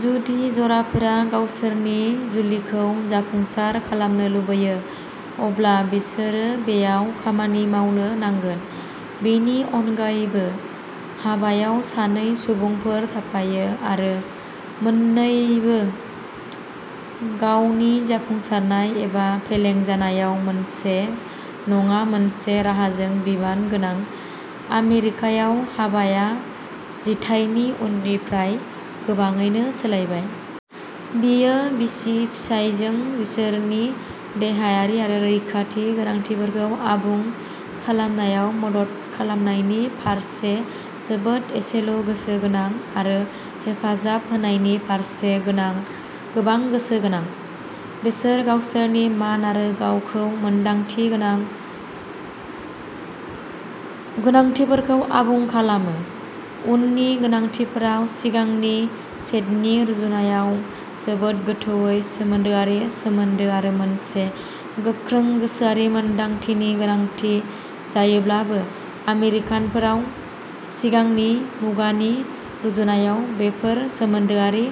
जुदि जराफोरा गावसोरनि जुलिखौ जाफुंसार खालामनो लुबैयो, अब्ला बिसोरो बेयाव खामानि मावनो नांगोन। बेनि अनगायैबो, हाबायाव सानै सुबुंफोर थाफायो आरो मोननैबो गावनि जाफुंसारनाय एबा फेलेंजानायाव मोनसे नङा मोनसे राहाजों बिबान गोनां। "आमेरिकायाव हाबाया जिथाइनि उननिफ्राय गोबाङैनो सोलायबाय। बेयो बिसि-फिसायफोरखौ बिसोरनि देहायारि आरो रैखाथि गोनांथिफोरखौ आबुं खालामनायाव मदद खालामनायनि फारसे जोबोद एसेल'गोसो गोनां आरो हेफाजाब होनायनि फारसे गोबां गोसो गोनां। बिसोर गावसोरनि मान आरो गावखौ मोनदांथि गोनां गोनांथिफोरखौ आबुं खालामो। उननि गोनांथिफोरा सिगांनि सेटनि रुजुनायाव जोबोद गोथौ सोमोन्दोआरि सोमोन्दो आरो मोनसे गोख्रों गोसोआरि सोमोन्दोनि गोनांथि जायोब्लाबो, आमेरिकानफोरा सिगांनि मुगानि रुजुनायाव बेफोर सोमोन्दोआरि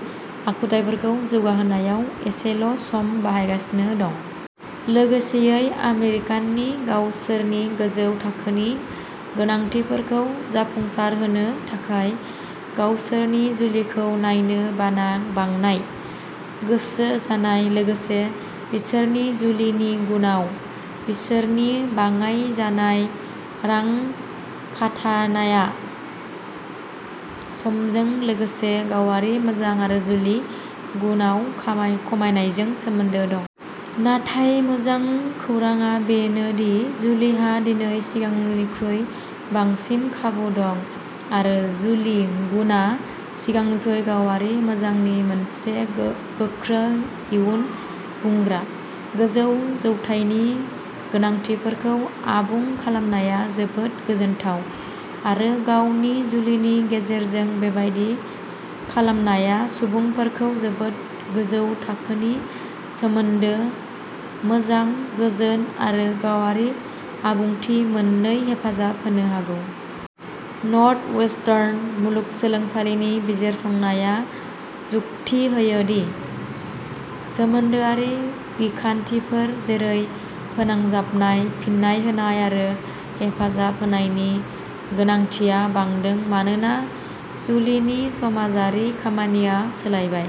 आखुथाइफोरखौ जौगाहोनायाव एसेल'सम बाहायगासिनो दं। लोगोसेयै, आमेरिकानफोरनि गावसोरनि गोजौ थाखोनि गोनांथिफोरखौ जाफुंसारहोनो थाखाय गावसोरनि जुलिखौ नायनो बांनाय गोसो जानाय, लोगोसे बिसोरनि जुलिनि गुनआव बिसोरनि बाङाइ जानाय रां खाथायनाया, समजों लोगोसे गावारि मोजां आरो जुलि गुनआव खमायनायजों सोमोन्दो दं। नाथाय मोजां खौरांआ बेनो दि जुलिहा दिनै सिगांनिख्रुइ बांसिन खाबु दं, आरो जुलि गुनआ सिगांनिख्रुइ गावारि मोजांनि मोनसे गोख्रों इयुन बुंग्रा। गोजौ जौथायनि गोनांथिफोरखौ आबुं खालामनाया जोबोद गोजोनथाव, आरो गावनि जुलिनि गेजेरजों बेबादि खालामनाया सुबुंफोरखौ जोबोद गोजौ थाखोनि सोमोन्दो मोजां, गोजोन आरो गावारि आबुंथि मोन्नो हेफाजाब होनो हागौ। "नर्थवेस्टार्न मुलुगसोलोंसालिनि बिजिरसंनाया जुक्ति होयो दि" सोमोन्दोआरि बिखान्थिफोर जेरै फोनांजाबनाय, फिन्नाय होनाय आरो हेफाजाब होनायनि गोनांथिया बांदों मानोना जुलिनि समाजारि खामानिया सोलायबाय।